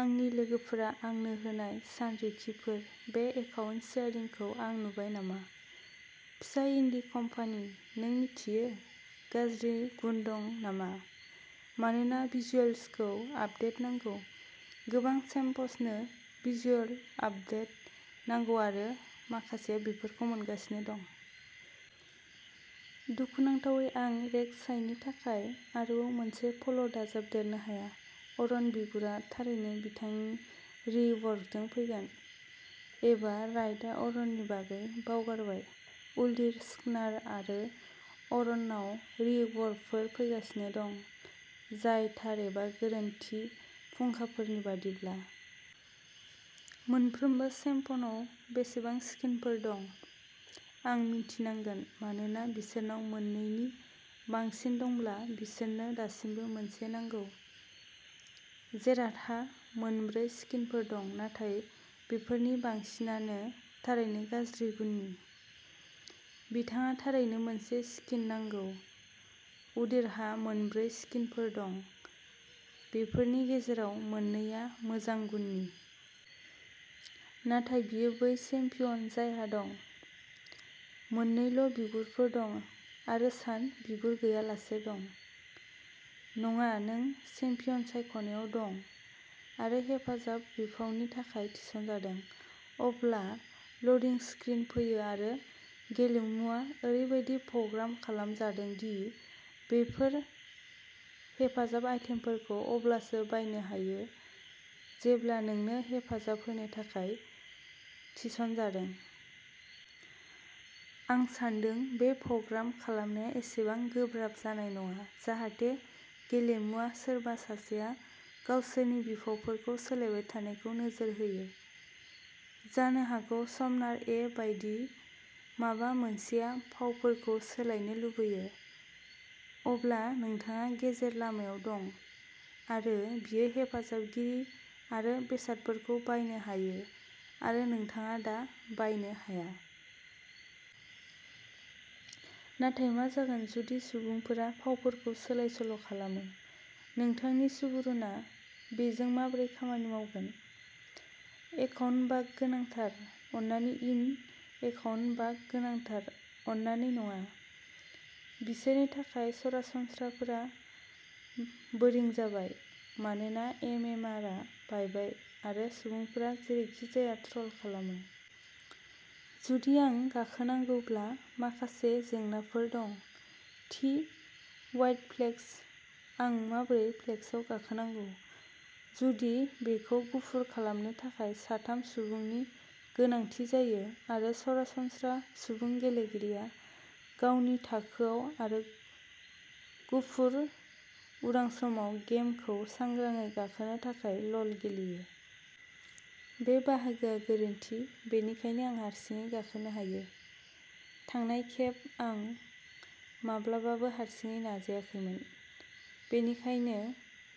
आंनि लोगोफोरा आंनो होनाय सानरिखिफोर बे एकाउन्ट सेयारिंखौ आं नुबाय नामा? फिसा इन्डी कम्पानि, नों मिथियो? गाज्रि गुन दं नामा मानोना भिजुअल्सखौ आपदेट नांगौ। गोबां चेम्प्सनो भिजुअल आपदेट नांगौ आरो माखासेआ बेफोरखौ मोनगासिनो दं। दुखुनांथावै आं रेक-साइनि थाखाय आरोबाव मोनसे प'ल दाजाबदेरनो हाया। अरन बिगुरा थारैनो बिथांनि रि-वर्कजों फैगोन। एबा रायटआ अरननि बागै बावगारबाय। उल्डिर, स्कार्नार आरो अरनाव रि-वर्कफोर फैगासिनो दं जाय थार एबा गोरोन्थि फुंखाफोरनि बायदिब्ला। मोनफ्रोमबो चेम्पनाव बेसेबां स्किनफोर दं? आं मिन्थिनांगोन मानोना बिसोरनाव मोन नै नि बांसिन दंब्ला बिसोरनो दासिमबो मोनसे नांगौ। जेराथहा मोन ब्रै स्किनफोर दं, नाथाय बेफोरनि बांसिनानो थारैनो गाज्रि गुननि, बिथाङा थारैनो मोनसे स्किन नांगौ उदिरहा मोन ब्रै स्किनफोर दं, बेफोरनि गेजेराव मोन नै आ मोजां गुननि। नाथाय बियो बै चेम्पियन जायहा दं। मोन नैल' बिगुरफोर दं आरो सान बिगुर गैयालासे दं। नङा, नों चेम्पियन सायख'नायाव दं आरो हेफाजाब बिफावनि थाखाय थिसनजादों, अब्ला ल'डिं स्क्रिन फैयो आरो गेलेमुआ ओरैबादि प्रग्राम खालामजादों दि बेफोर हेफाजाब आइटेमफोरखौ अब्लासो बायनो हायो जेब्ला नोंनो हेफाजाब होनो थाखाय थिसनजादों। आं सान्दों बेखौ प्रग्राम खालामनाया एसेबां गोब्राब जानाय नङा जाहाथे गेलेमुआ सोरबा सासेआ गावसोरनि बिफावफोरखौ सोलायबाय थानायखौ नोजोर होयो। जानो हागौ समनार ए बायदि माबा मोनसेआ फावफोरखौ सोलायनो लुगैयो। अब्ला नोंथाङा गेजेर लामायाव दं आरो बियो हेफाजाबगिरि आरो बेसादफोरखौ बायनो हायो आरो नोंथाङा दा बायनो हाया। नाथाय मा जागोन जुदि सुबुंफोरा फावफोरखौ सोलाय-सोल' खालामो, नोंथांनि सुबुरुनआ बेजों माबोरै खामानि मावगोन? एकाउन्ट बाग गोनांथार अन्नानै इन एकाउन्ट बाग गोनांथार अन्नानै नङा, बिसोरनि थाखाय सरासनस्राफोरा बोरिं जाबाय, मानोना एम एम आरआ बायबाय आरो सुबुंफोरा जेरैखि जाया ट्र'ल खालामो। जुदि आं गाखोनांगौब्ला माखासे जेंनाफोर दं, थि व्हाइट फ्लेक्स आं माबोरै फ्लेक्सआव गाखोनांगौ, जुदि बेखौ गुफुर खालामनो थाखाय सा थाम सुबुंनि गोनांथि जायो आरो सरासनस्रा सुबुं गेलेगिरिया गावनि थाखोआव आरो गुफुर उदां समाव गेमखौ सांग्रांयै गाखोनो थाखाय ल'ल गेलेयो। बे बाहागोआ गोरोन्थि बेनिखायनो आं हारसिङै गाखोनो हायो, थांनाय खेब आं माब्लाबाबो हारसिङै नाजायाखैमोन बेनिखायनो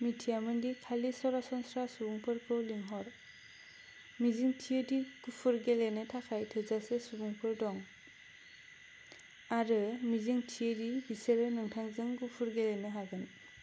मिथियामोन दि खालि सरासनस्रा सुबुंफोरखौ लिंहर, मिजिंथियो दि गुफुर गेलेनो थाखाय थोजासे सुबुंफोर दं। आरो मिजिंथियो दि बिसोरो नोंथांजों गुफुर गेलेनो हागोन।